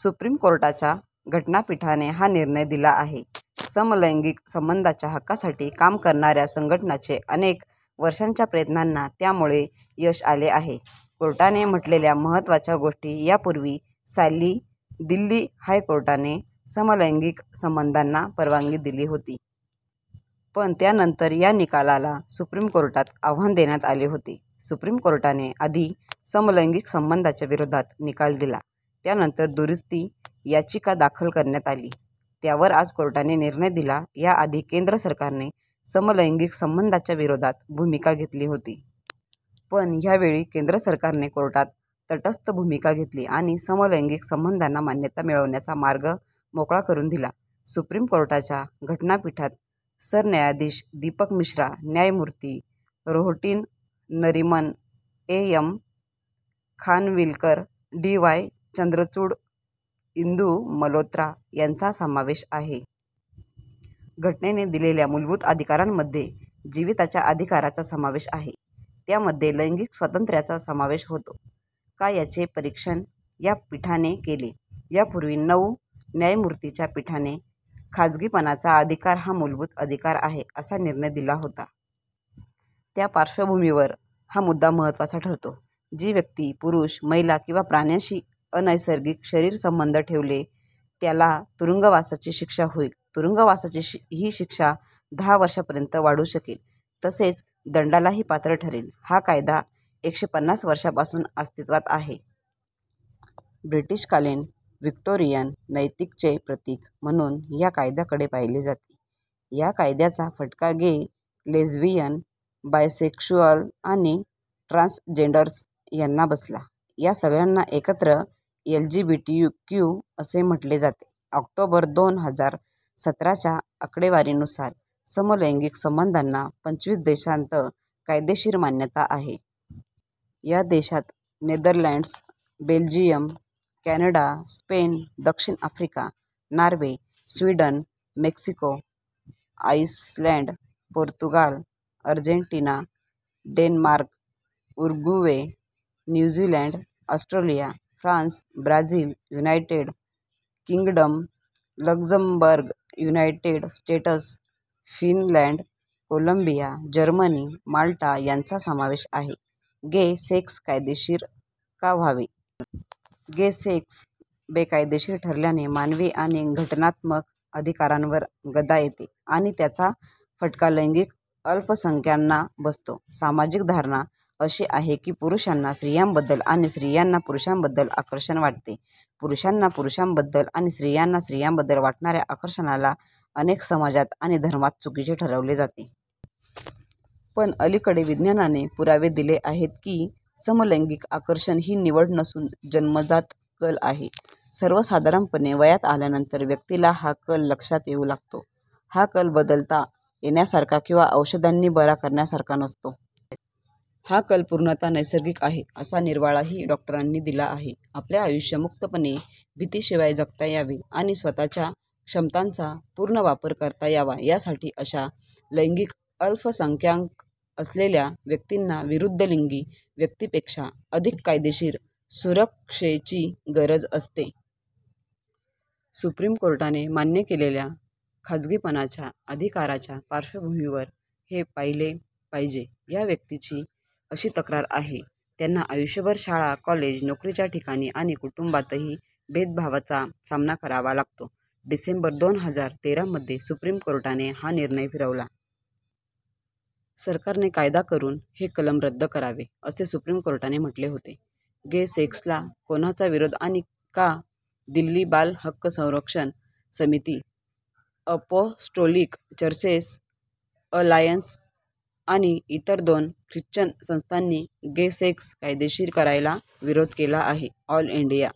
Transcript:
Supreme कोर्टाच्या घटनापीठाने हा निर्णय दिला आहे. समलैंगिक संबंधांच्या हक्कासाठी काम करणाऱ्या संघटनांचे अनेक वर्षांच्या प्रयत्नांना त्यामुळे यश आले आहे. कोर्टाने म्हटलेल्या महत्त्वाच्या गोष्टी: यापूर्वी साली दिल्ली हायकोर्टाने समलैंगिक संबंधांना परवानगी दिली होती. पण त्यानंतर या निकालाला सुप्रीम कोर्टात आव्हान देण्यात आले होते. सुप्रीम कोर्टाने आधी समलैंगिक संबंधांच्या विरोधात निकाल दिला. त्यानंतर दुरुस्ती याचिका दाखल करण्यात आली. त्यावर आज कोर्टाने निर्णय दिला. याआधी केंद्र सरकारने समलैंगिक संबंधांच्या विरोधात भूमिका घेतली होती. पण यावेळी केंद्र सरकारने कोर्टात तटस्थ भूमिका घेतली आणि समलैंगिक संबंधांना मान्यता मिळण्याचा मार्ग मोकळा करून दिला. सुप्रीम कोर्टाच्या घटनापीठात सरन्यायाधीश दीपक मिश्रा, न्यायमूर्ती Rohinton Nariman, A. M. Khanwilkar, D. Y. Chandrachud, Indu Malhotra यांचा समावेश आहे. घटनेने दिलेल्या मूलभूत अधिकारांमध्ये जीविताच्या अधिकाराचा समावेश आहे. त्यामध्ये लैंगिक स्वातंत्र्याचा समावेश होतो का याचे परीक्षण या पीठाने केले. यापूर्वी नऊ न्यायमूर्तींच्या पीठाने खासगीपणाचा अधिकार हा मूलभूत अधिकार आहे, असा निर्णय दिला होता. त्या पार्श्वभूमीवर हा मुद्दा महत्त्वाचा ठरतो. जी व्यक्ती पुरुष, महिला किंवा प्राण्याशी अनैसर्गिक शरीरसंबंध ठेवेल त्याला तुरुंगवासाची शिक्षा होईल. तुरुंगवासाची ही शिक्षा दहा वर्षांपर्यंत वाढू शकेल, तसेच दंडालाही पात्र ठरेल. हा कायदा एकशे पन्नास वर्षांपासून अस्तित्वात आहे. ब्रिटिशकालीन व्हिक्टोरियन नैतिकतेचे प्रतीक म्हणून या कायद्याकडे पाहिले जाते. या कायद्याचा फटका गे, लेस्बियन, बायसेक्शुअल आणि ट्रान्सजेंडर्स यांना बसला. या सगळ्यांना एकत्र एलजीबीटीक्यू असे म्हटले जाते. ऑक्टोबर दोन हजार सत्राच्या आकडेवारीनुसार समलैंगिक संबंधांना पंचवीस देशांत कायदेशीर मान्यता आहे. या देशांत नेदरलँड्स, बेल्जियम, कॅनडा, स्पेन, दक्षिण Africa, Norway, Sweden, Mexico, Iceland, Portugal, Argentina, Denmark, Uruguay, New Zealand, Australia, France, Brazil, United Kingdom, Luxembourg, United States, Finland, Colombia, Germany, Malta यांचा समावेश आहे. गे सेक्स कायदेशीर का व्हावे? गे सेक्स बेकायदेशीर ठरवल्याने मानवी आणि घटनात्मक अधिकारांवर गदा येते आणि त्याचा फटका लैंगिक अल्पसंख्याकांना बसतो. सामाजिक धारणा अशी आहे की पुरुषांना स्त्रियांबद्दल आणि स्त्रियांना पुरुषांबद्दल आकर्षण वाटते. पुरुषांना पुरुषांबद्दल आणि स्त्रियांना स्त्रियांबद्दल वाटणाऱ्या आकर्षणाला अनेक समाजांत आणि धर्मांत चुकीचे ठरवले जाते. पण अलीकडे विज्ञानाने पुरावे दिले आहेत की समलैंगिक आकर्षण ही निवड नसून जन्मजात कल आहे. सर्वसाधारणपणे वयात आल्यानंतर व्यक्तीला हा कल लक्षात येऊ लागतो. हा कल बदलता येण्यासारखा किंवा औषधांनी 'बरा' करण्यासारखा नसतो. हा कल पूर्णतः नैसर्गिक आहे, असा निर्वाळाही डॉक्टरांनी दिला आहे. आपले आयुष्य मुक्तपणे, भीतीशिवाय जगता यावे आणि स्वतःच्या क्षमतांचा पूर्ण वापर करता यावा यासाठी अशा लैंगिक अल्पसंख्याक असलेल्या व्यक्तींना विरुद्धलिंगी व्यक्तींपेक्षा अधिक कायदेशीर सुरक्षेची गरज असते. सुप्रीम कोर्टाने मान्य केलेल्या खासगीपणाच्या अधिकाराच्या पार्श्वभूमीवर हे पाहिले पाहिजे. या व्यक्तींची अशी तक्रार आहे त्यांना आयुष्यभर शाळा, कॉलेज, नोकरीच्या ठिकाणी आणि कुटुंबातही भेदभावाचा सामना करावा लागतो. डिसेंबर दोन हजार तेरामध्ये सुप्रीम कोर्टाने हा निर्णय फिरवला. सरकारने कायदा करून हे कलम रद्द करावे, असे सुप्रीम कोर्टाने म्हटले होते. गे-सेक्सला कोणाचा विरोध आणि का? दिल्ली बालहक्क संरक्षण समिती, अपोस्टोलिक चर्चेस अलायन्स आणि इतर दोन ख्रिश्चन संस्थांनी गे सेक्स कायदेशीर करायला विरोध केला आहे. All India